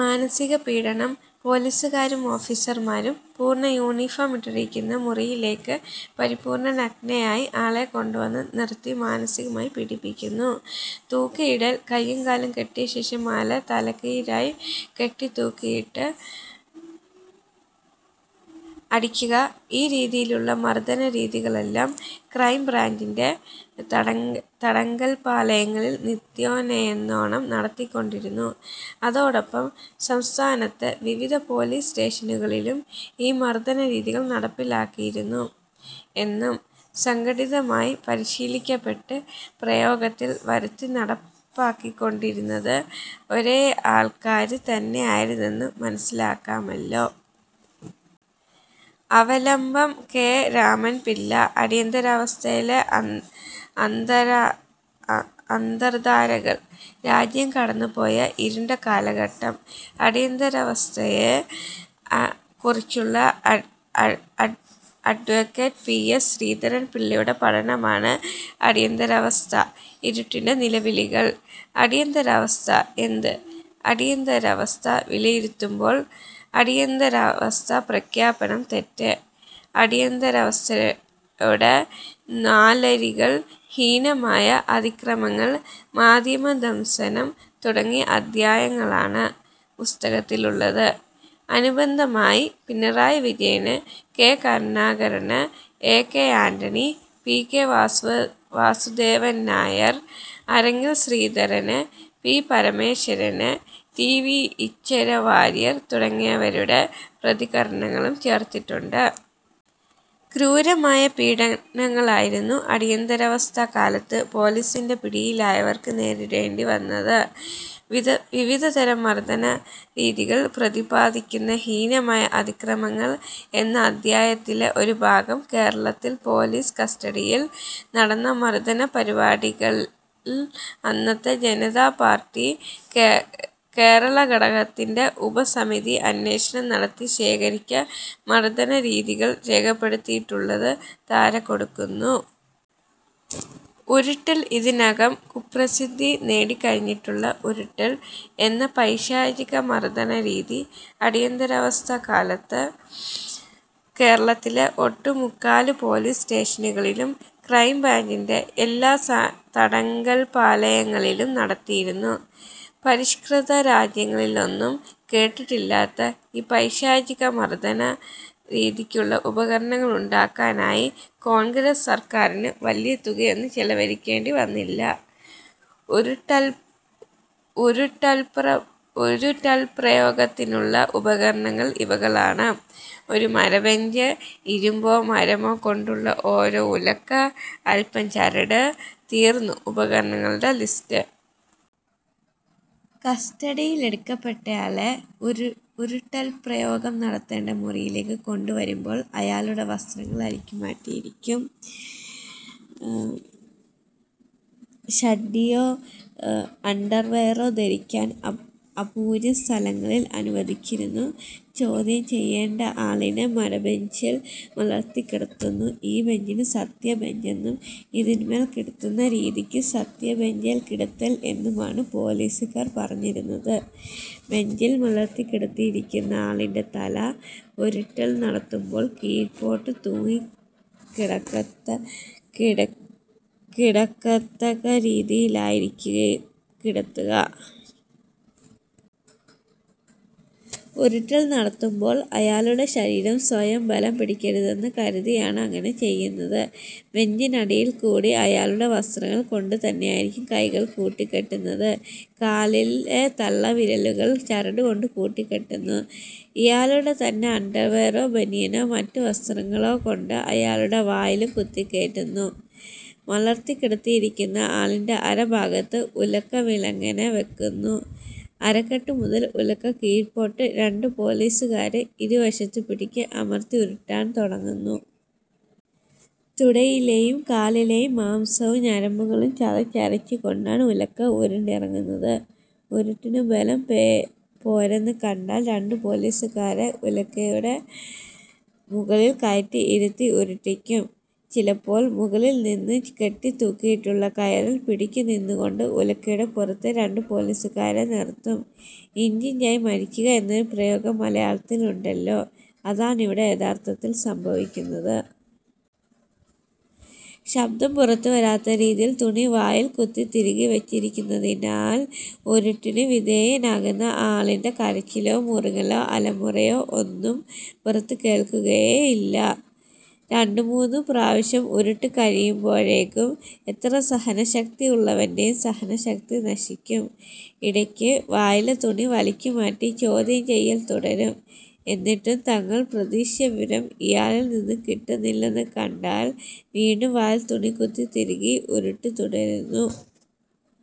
മാനസികപീഡനം പോലീസുകാരും ഓഫീസര്മാരും പൂര്ണ യൂണിഫോമിട്ടിരിക്കുന്ന മുറിയിലേക്ക് പരിപൂര്ണനഗ്നനായി ആളെ കൊണ്ടുവന്ന് നിര്ത്തി മാനസികമായി പീഡിപ്പിക്കുന്നു. തൂക്കിയിടല് കൈയും കാലും കെട്ടിയശേഷം ആളെ തലകീഴായി കെട്ടിത്തൂക്കിയിട്ട് അടിക്കുക. ഈ രീതിയിലുള്ള മര്ദനരീതികളെല്ലാം ക്രൈംബ്രാഞ്ചിന്റെ തടങ്കല്പ്പാളയങ്ങളില് നിത്യേനയെന്നോണം നടത്തിക്കൊണ്ടിരുന്നു. അതോടൊപ്പം സംസ്ഥാനത്തെ വിവിധ പോലീസ് സ്റ്റേഷനുകളിലും ഈ മര്ദനരീതികള് നടപ്പിലാക്കിയിരുന്നു എന്നും, സംഘടിതമായി പരിശീലിപ്പിക്കപ്പെട്ട് പ്രയോഗത്തില് വരുത്തി നടപ്പാക്കിക്കൊണ്ടിരുന്നത് ഒരേയാള്ക്കാര് തന്നെയായിരുന്നെന്നും മനസ്സിലാക്കാമല്ലോ. അവലംബം കെ. രാമന്പിള്ള അടിയന്തരാവസ്ഥയിലെ അന്തര്ധാരകള്. രാജ്യം കടന്നുപോയ ഇരുണ്ട കാലഘട്ടം അടിയന്തരാവസ്ഥയെ കുറിച്ചുള്ള അഡ്വ പി എസ് ശ്രീധരന് പിള്ളയുടെ പഠനമാണ് അടിയന്തരാവസ്ഥ ഇരുട്ടിന്റെ നിലവിളികള്. അടിയന്തരാവസ്ഥ എന്ത്, അടിയന്തരാവസ്ഥ വിലയിരുത്തുമ്പോള്, അടിയന്തരാവസ്ത പ്രഖ്യാപനം തെറ്റ്, അടിയന്തരാവസ്ഥയുടെ നാള്വഴികള്, ഹീനമായ അതിക്രമങ്ങള്, മാധ്യമധ്വംസനം തുടങ്ങി അധ്യായങ്ങളാണ് പുസ്തകത്തിലുള്ളത്. അനുബന്ധമായി പിണറായി വിജയന്, K Karunakaran, A K Antony, P K Vasudevan Nair, Arangil Sreedharan, P Parameswaran, T V Eachara Warrier തുടങ്ങിയവരുടെ പ്രതികരണങ്ങളും ചേര്ത്തിട്ടുണ്ട്. ക്രൂരമായ പീഡനങ്ങളായിരുന്നു അടിയന്തരാവസ്ഥക്കാലത്ത് പോലീസിന്റെ പിടിയിലായവര്ക്ക് നേരിടേണ്ടി വന്നത്. വിവിധതരം മര്ദനരീതികള് പ്രതിപാദിക്കുന്ന 'ഹീനമായ അതിക്രമങ്ങള്' എന്ന അധ്യായത്തിലെ ഒരു ഭാഗം കേരളത്തില് പോലീസ് കസ്റ്റഡിയില് നടന്ന മര്ദനപരിപാടികള് ല് അന്നത്തെ ജനതാപാര്ട്ടി കേരളഘടകത്തിന്റെ ഉപസമിതി അന്വേഷണം നടത്തി ശേഖരിച്ച മര്ദനരീതികള് രേഖപ്പെടുത്തിയിട്ടുള്ളത് താഴെ കൊടുക്കുന്നു:. ഉരുട്ടല് ഇതിനകം കുപ്രസിദ്ധി നേടിക്കഴിഞ്ഞിട്ടുള്ള ഉരുട്ടല് എന്ന പൈശാചികമര്ദനരീതി അടിയന്തരാവസ്ഥക്കാലത്ത് കേരളത്തിലെ ഒട്ടുമുക്കാല് പോലീസ് സ്റ്റേഷനുകളിലും, ക്രൈംബ്രാഞ്ചിന്റെ എല്ലാ തടങ്കല്പ്പാളയങ്ങളിലും നടത്തിയിരുന്നു. പരിഷ്കൃതരാജ്യങ്ങളിലൊന്നും കേട്ടിട്ടില്ലാത്ത ഈ പൈശാചിക മര്ദനരീതിക്കുള്ള ഉപകരണങ്ങളുണ്ടാക്കാനായി കോണ്ഗ്രസ് സര്ക്കാറിന് വലിയ തുകയൊന്നും ചെലവഴിക്കേണ്ടിവന്നില്ല. ഉരുട്ടല്പ്രയോഗത്തിനുള്ള ഉപകരണങ്ങള് ഇവകളാണ്. ഒരു മരബെഞ്ച്, ഇരുമ്പോ മരമോ കൊണ്ടുള്ള ഓരോ ഉലക്ക, അല്പം ചരട്, തീര്ന്നു ഉപകരണങ്ങളുടെ ലിസ്റ്റ്. കസ്റ്റഡിയിലെടുക്കപ്പെട്ടയാളെ ഉരുട്ടല്പ്രയോഗം നടത്തേണ്ട മുറിയിലേക്ക് കൊണ്ടുവരുമ്പോള് അയാളുടെ വസ്ത്രങ്ങള് അഴിച്ചുമാറ്റിയിരിക്കും. ഷഡ്ഡിയോ അണ്ടര്വെയറോ ധരിക്കാന് അപൂര്വം സ്ഥലങ്ങളില് അനുവദിച്ചിരുന്നു. ചോദ്യം ചെയ്യേണ്ടയാളിനെ മരബെഞ്ചില് മലര്ത്തിക്കിടത്തുന്നു. ഈ ബെഞ്ചിന് 'സത്യബെഞ്ചെന്നും' ഇതിന്മേല് കിടത്തുന്ന രീതിക്ക് സത്യ ബഞ്ചേല് കിടത്തല് എന്നുമാണ് പോലീസുകാര് പറഞ്ഞിരുന്നത്. ബെഞ്ചില് മലര്ത്തിക്കിടത്തിയിരിക്കുന്നയാളിന്റെ തല ഉരുട്ടല് നടത്തുമ്പോള് കീഴ്പ്പോട്ട് തൂങ്ങിക്കിടക്കത്തക്കരീതിയിലായിരിക്കും കിടത്തുക. ഉരുട്ടല് നടത്തുമ്പോള് അയാളുടെ ശരീരം സ്വയം ബലംപിടിക്കരുതെന്ന് കരുതിയാണ് അങ്ങനെ ചെയ്യുന്നത്. ബെഞ്ചിനടിയില്ക്കൂടി അയാളുടെ വസ്ത്രങ്ങള് കൊണ്ടുതന്നെയായിരിക്കും കൈകള് കൂട്ടിക്കെട്ടുന്നത്. കാലിലെ തള്ളവിരലുകള് ചരടുകൊണ്ട് കൂട്ടിക്കെട്ടുന്നു. ഇയാളുടെതന്നെ അണ്ടര്വെയറോ, ബനിയനോ, മറ്റു വസ്ത്രങ്ങളോകൊണ്ട് അയാളുടെ വായിലും കുത്തിക്കേറ്റുന്നു. മലര്ത്തിക്കിടത്തിയിരിക്കുന്ന ആളിന്റെ അരഭാഗത്ത് ഉലക്ക വിലങ്ങനെ വെക്കുന്നു. അരക്കെട്ടു മുതല് ഉലക്ക കീഴ്പ്പോട്ട് രണ്ടു പോലീസുകാര് ഇരുവശത്ത് പിടിച്ച് അമര്ത്തി ഉരുട്ടാന് തുടങ്ങുന്നു. തുടയിലേയും കാലിലേയും മാംസവും ഞരമ്പുകളും ചതച്ചരച്ചുകൊണ്ടാണ് ഉലക്ക ഉരുണ്ടിറങ്ങുന്നത്. ഉരുട്ടിനു ബലം പോരെന്നുകണ്ടാല് രണ്ടു പോലീസുകാരെ ഉലക്കയുടെ മുകളില് കയറ്റി ഇരുത്തി ഉരുട്ടിക്കും. ചിലപ്പോള് മുകളില്നിന്ന് കെട്ടിത്തൂക്കിയിട്ടുള്ള കയറില് പിടിച്ചുനിന്നുകൊണ്ട് ഉലക്കയുടെ പുറത്ത് രണ്ടു പോലീസുകാരെ നിര്ത്തും. ഇഞ്ചിഞ്ചായി മരിക്കുക എന്നൊരു പ്രയോഗം മലയാളത്തിലുണ്ടല്ലോ. അതാണിവിടെ യഥാര്ഥത്തില് സംഭവിക്കുന്നത്. ശബ്ദം പുറത്തുവരാത്ത രീതിയില് തുണി വായില് കുത്തിത്തിരുകി വെച്ചിരിക്കുന്നതിനാല് ഉരുട്ടിന് വിധേയനാകുന്ന ആളിന്റെ കരച്ചിലോ മുറുങ്ങലോ അലമുറയോ ഒന്നും പുറത്തു കേള്ക്കുകയേ ഇല്ല. രണ്ടുമൂന്നു പ്രാവശ്യം ഉരുട്ടു കഴിയുമ്പോഴേക്കും എത്ര സഹനശക്തിയുള്ളവന്റെയും സഹനശക്തി നശിക്കും. ഇടയ്ക്ക് വായിലെ തുണി വലിച്ചുമാറ്റി ചോദ്യം ചെയ്യല് തുടരും. എന്നിട്ടും തങ്ങള് പ്രതീക്ഷിച്ച വിവരം ഇയാളില്നിന്നും കിട്ടുന്നില്ലെന്നു കണ്ടാല് വീണ്ടും വായില് തുണി കുത്തിത്തിരുകി ഉരുട്ട് തുടരുന്നു.